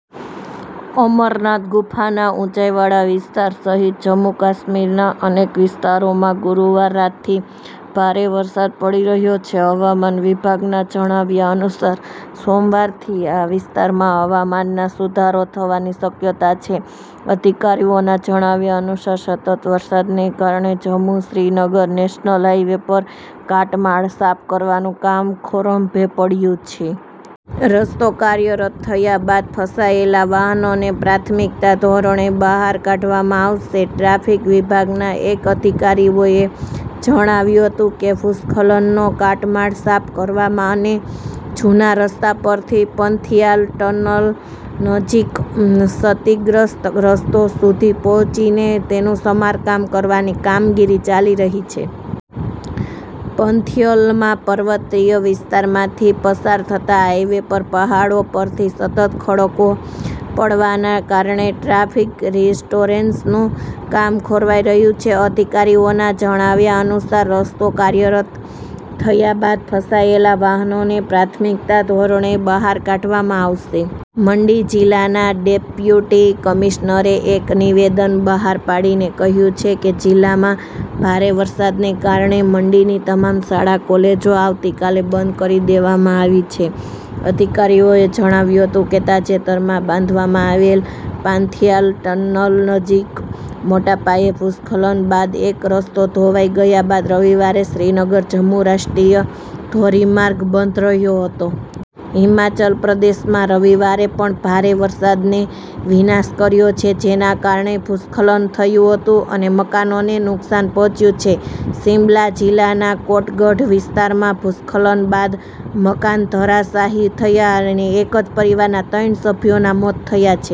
અમરનાથ ગુફાના ઊંચાઈવાળા વિસ્તાર સહિત જમ્મુ-કાશ્મીરના અનેક વિસ્તારોમાં ગુરુવાર રાતથી ભારે વરસાદ પડી રહ્યો છે. હવામાન વિભાગના જણાવ્યા અનુસાર સોમવારથી આ વિસ્તારમાં હવામાનમાં સુધારો થવાની શક્યતા છે. અધિકારીઓના જણાવ્યા અનુસાર સતત વરસાદને કારણે જમ્મુ-શ્રીનગર નેશનલ હાઇવે પર કાટમાળ સાફ કરવાનું કામ ખોરંભે પડ્યું છે. રસ્તો કાર્યરત થયા બાદ ફસાયેલા વાહનોને પ્રાથમિકતાના ધોરણે બહાર કાઢવામાં આવશે ટ્રાફિક વિભાગના એક અધિકારીએ જણાવ્યું હતું કે ભૂસ્ખલનનો કાટમાળ સાફ કરવા અને જૂના રસ્તા પરથી પંથિયાલ ટનલ નજીક ક્ષતિગ્રસ્ત રસ્તા સુધી પહોંચીને તેનું સમારકામ કરવાની કામગીરી ચાલી રહી છે. પંથિયલમાં પર્વતીય વિસ્તારમાંથી પસાર થતા હાઈવે પર પહાડો પરથી સતત ખડકો પડવાના કારણે ટ્રાફિક રિસ્ટોરેશનનું કામ ખોરવાઈ રહ્યું છે. અધિકારીના જણાવ્યા અનુસાર રસ્તો કાર્યરત થયા બાદ ફસાયેલા વાહનોને પ્રાથમિકતાના ધોરણે બહાર કાઢવામાં આવશે. મંડી જિલ્લાના ડેપ્યુટી કમિશનરે એક નિવેદન બહાર પાડીને કહ્યું છે કે જિલ્લામાં ભારે વરસાદને કારણે મંડીની તમામ શાળા-કોલેજો આવતીકાલે બંધ કરી દેવામાં આવી છે. અધિકારીઓએ જણાવ્યું હતું કે, તાજેતરમાં બાંધવામાં આવેલી પાંથિયાલ ટનલ નજીક મોટા પાયે ભૂસ્ખલન બાદ એક રસ્તો ધોવાઈ ગયા બાદ રવિવારે શ્રીનગર-જમ્મુ રાષ્ટ્રીય ધોરીમાર્ગ બંધ રહ્યો હતો. હિમાચલ પ્રદેશમાં રવિવારે પણ ભારે વરસાદે વિનાશ કર્યો છે, જેના કારણે ભૂસ્ખલન થયું હતું અને મકાનોને નુકસાન પહોંચ્યું છે. શિમલા જિલ્લાના કોટગઢ વિસ્તારમાં ભૂસ્ખલન બાદ મકાન ધરાશાયી થતાં એક જ પરિવારના ત્રણ સભ્યોના મોત થયા છે.